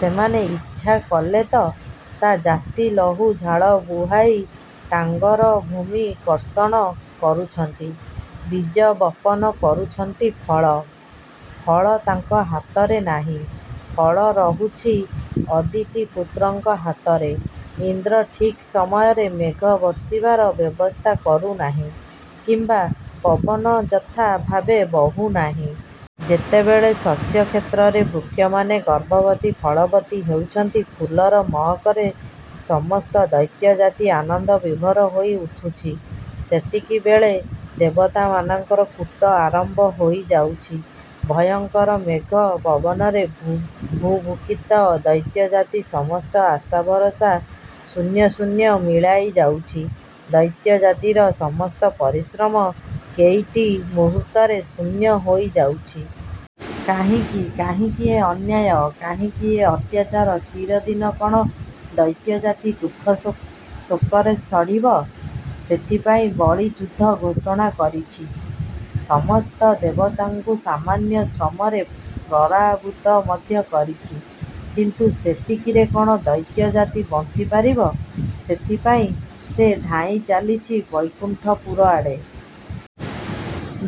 ସେମାନେ ଇଚ୍ଛା କଲେ ତ! ତା ଜାତି ଲହୁ ଝାଳ ବୁହାଇ ଟାଙ୍ଗର ଭୂମି କର୍ଷଣ କରୁଛନ୍ତି, ବୀଜବପନ କରୁଛନ୍ତି ଫଳ-? ଫଳ ତାଙ୍କ ହାତରେ ନାହିଁ। ଫଳ ରହୁଛି ଅଦିତୀ ପୁତ୍ରଙ୍କ ହାତରେ। ଇନ୍ଦ୍ର ଠିକ୍ ସମୟରେ ମେଘ ବର୍ଷିବାର ବ୍ୟବସ୍ଥା କରୁନାହିଁ, କିମ୍ୱା ପବନ ଯଥା ଭାବେ ବହୁ ନାହିଁ। ଯେତେବେଳେ ଶସ୍ୟକ୍ଷେତ୍ରରେ ବୃକ୍ଷମାନେ ଗର୍ଭବତୀ, ଫଳବତୀ ହେଉଛନ୍ତି-ଫୁଲର ମହକରେ ସମସ୍ତ ଦୈତ୍ୟ ଜାତି ଆନନ୍ଦ ବିଭୋର ହୋଇ ଉଠୁଛି, ସେତିକିବେଳେ ଦେବତାମାନଙ୍କର କୂଟ ଆରମ୍ଭ ହୋଇଯାଉଛି। ଭୟଙ୍କର ମେଘ ପବନରେ ବୁଭୁକ୍ଷିତ ଦୈତ୍ୟ ଜାତି ସମସ୍ତ ଆଶା ଭରଷା ଶୂନ୍ୟେ ଶୂନ୍ୟେ ମିଳାଇଯାଉଛି। ଦୈତ୍ୟ ଜାତିର ସମସ୍ତ ପରିଶ୍ରମ କେଇଟି ମୁହୂର୍ତ୍ତରେ ଶୂନ୍ୟ ହୋଇଯାଉଛି। କାହିଁକି? କାହିଁକି ଏ ଅନ୍ୟାୟ-କାହିଁକି ଏ ଅତ୍ୟାଚାର? ଚିରଦିନ କଣ ଦୈତ୍ୟଜାତି ଦୁଃଖ ଶୋକରେ ସଢ଼ିବ? ସେଥିପାଇଁ ବଳୀ ଯୁଦ୍ଧ ଘୋଷଣା କରିଛି-ସମସ୍ତ ଦେବତାଙ୍କୁ ସାମାନ୍ୟ ଶ୍ରମରେ ପ୍ରରାଭୂତ ମଧ୍ୟ କରିଛି। କିନ୍ତୁ ସେତିକିରେ କଣ ଦୈତ୍ୟଜାତି ବଞ୍ଚି ପାରିବ? ସେଥିପାଇଁ ସେ ଧାଇଁ ଚାଲିଛି ବୈକୁଣ୍ଠପୁର ଆଡ଼େ।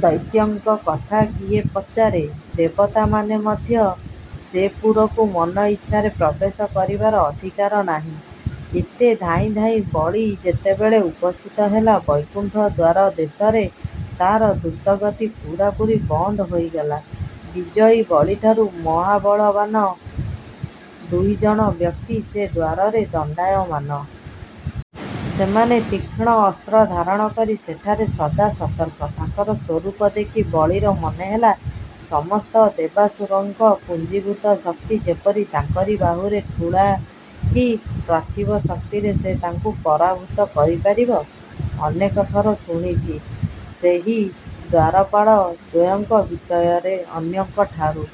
ଦୈତ୍ୟଙ୍କ କଥା କିଏ ପଚାରେ, ଦେବତାମାନେ ମଧ୍ୟ ସେପୁରକୁ ମନ ଇଚ୍ଛାରେ ପ୍ରବେଶ କରିବାର ଅଧିକାର ନାହିଁ। ଏତେ ଧାଇଁ ଧାଇଁ ବଳୀ ଯେତେବେଳେ ଉପସ୍ଥିତ ହେଲା ବୈକୁଣ୍ଠ ଦ୍ୱାରଦେଶରେ, ତାର ଦ୍ରୂତଗତି ପୂରାପୂରି ବନ୍ଦ ହୋଇଗଲା। ବିଜୟୀ ବଳୀଠାରୁ ମହାବଳବାନ ଦୁଇଜଣ ବ୍ୟକ୍ତି ସେ ଦ୍ୱାରରେ ଦଣ୍ଡାୟମାନ। ସେମାନେ ତୀକ୍ଷ୍ଣ ଅସ୍ତ୍ର ଧାରଣ କରି ସେଠାରେ ସଦା ସତର୍କ। ତାଙ୍କର ସ୍ୱରୂପ ଦେଖି ବଳୀର ମନେହେଲା ସମସ୍ତ ଦେବାସୁରଙ୍କ ପୁଞ୍ଜିଭୂତ ଶକ୍ତି ଯେପରି ତାଙ୍କରି ବାହୁରେ ଠୁଳା କି ପାର୍ଥିବ ଶକ୍ତିରେ ସେ ତାଙ୍କୁ ପରାଭୂତ କରିପାରିବ? ଅନେକଥର ଶୁଣିଛି ସେହି ଦ୍ୱାରପାଳ ଦ୍ୱୟଙ୍କ ବିଷୟରେ ଅନ୍ୟଙ୍କଠାରୁ।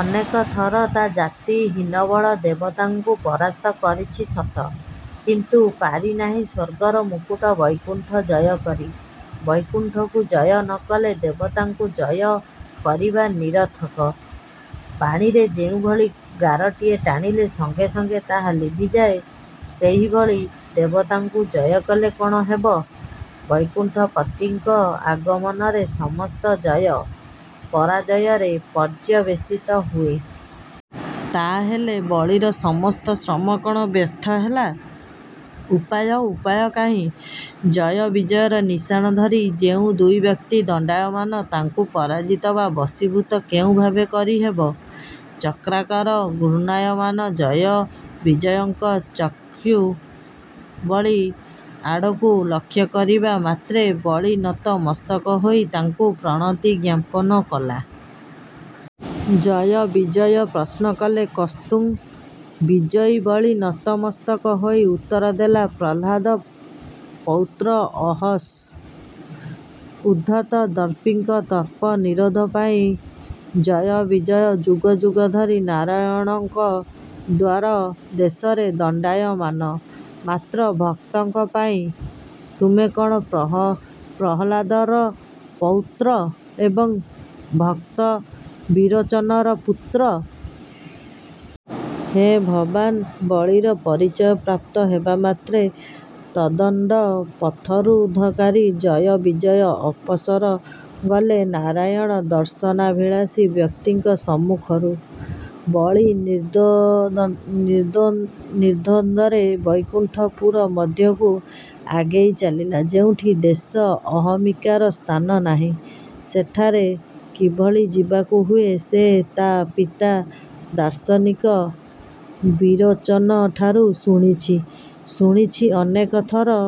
ଅନେକ ଥର ତା ଜାତି ହୀନବଳ ଦେବତାଙ୍କୁ ପରାସ୍ତ କରିଛି ସତ, କିନ୍ତୁ ପାରିନାହିଁ ସ୍ୱର୍ଗର ମୁକୁଟ ବୈକୁଣ୍ଠ ଜୟକରି। ବୈକୁଣ୍ଠକୁ ଜୟ ନ କଲେ ଦେବତାଙ୍କୁ ଜୟ କରିବା ନିରର୍ଥକ। ପାଣିରେ ଯେଉଁଭଳି ଗାରଟିଏ ଟାଣିଲେ ସଙ୍ଗେ ସଙ୍ଗେ ତାହା ଲିଭିଯାଏ, ସେହିଭଳି ଦେବତାଙ୍କୁ ଜୟ କଲେ କଣ ହେବ, ବୈକୁଣ୍ଠ ପତିଙ୍କ ଆଗମନରେ ସମସ୍ତ ଜୟ, ପରାଜୟରେ ପର୍ଯ୍ୟବେଶିତ ହୁଏ। ତାହା ହେଲେ ବଳୀର ସମସ୍ତ ଶ୍ରମ କଣ ବ୍ୟର୍ଥ ହେଲା? ଉପାୟ? ଉପାୟ କାହିଁ? ଜୟ ବିଜୟର ନିଶାଣ ଧରି ଯେଉଁ ଦୁଇ ବ୍ୟକ୍ତି ଦଣ୍ଡାୟମାନ ତାଙ୍କୁ ପରାଜିତ ବା ବଶୀଭୂତ କେଉଁ ଭାବେ କରିହେବ? ଚକ୍ରାକାର ଘୂର୍ଣ୍ଣାୟମାନ ଜୟ ବିଜୟଙ୍କ ଚକ୍ଷୁ ବଳୀ ଆଡ଼କୁ ଲକ୍ଷ୍ୟକରିବା ମାତ୍ରେ ବଳୀ ନତ ମସ୍ତକ ହୋଇ ତାଙ୍କୁ ପ୍ରଣତି ଜ୍ଞାପନ କଲା। ଜୟ ବିଜୟ ପ୍ରଶ୍ନ କଲେ କସ୍ତୁଂ? ବିଜୟୀ ବଳୀ ନତ ମସ୍ତକ ହୋଇ ଉତ୍ତର ଦେଲା 'ପ୍ରହ୍ଲାଦ ପୌତ୍ର ଅହସ୍'। ଉଦ୍ଧତ ଦର୍ପୀଙ୍କ ଦର୍ପ ନିରୋଧ ପାଇଁ ଜୟ ବିଜୟ ଯୁଗ ଯୁଗ ଧରି ନାରାୟଣଙ୍କ ଦ୍ୱାର ଦେଶରେ ଦଣ୍ଡାୟମାନ। ମାତ୍ର ଭକ୍ତଙ୍କ ପାଇଁ? ତୁମେ କଣ ପ୍ରହ୍ଲାଦର ପୌତ୍ର ଏବଂ ଭକ୍ତ ବିରୋଚନର ପୁତ୍ର? ହଁ ଭବାନ୍। ବଳୀର ପରିଚୟ ପ୍ରାପ୍ତ ହେବାମାତ୍ରେ ତଦଣ୍ଡ ପଥରୁଦ୍ଧକାରୀ ଜୟ ବିଜୟ ଅପସର ଗଲେ ନାରାୟଣ ଦର୍ଶନାଭିଳାସୀ ବ୍ୟକ୍ତିଙ୍କ ସମ୍ମୁଖରୁ। ବଳୀ ନିର୍ଦ୍ଦୋନ୍ଦରେ ବୈକୁଣ୍ଠ ପୁର ମଧ୍ୟକୁ ଆଗେଇ ଚାଲିଲା। ଯେଉଁଠି ଦେଶ ଅହମିକାର ସ୍ଥାନ ନାହିଁ, ସେଠାରେ କିଭଳି ଯିବାକୁ ହୁଏ ସେ ତା ପିତା ଦାର୍ଶନିକ ବିରୋଚନଠାରୁ ଶୁଣିଛି-ଶୁଣିଛି ଅନେକ ଥର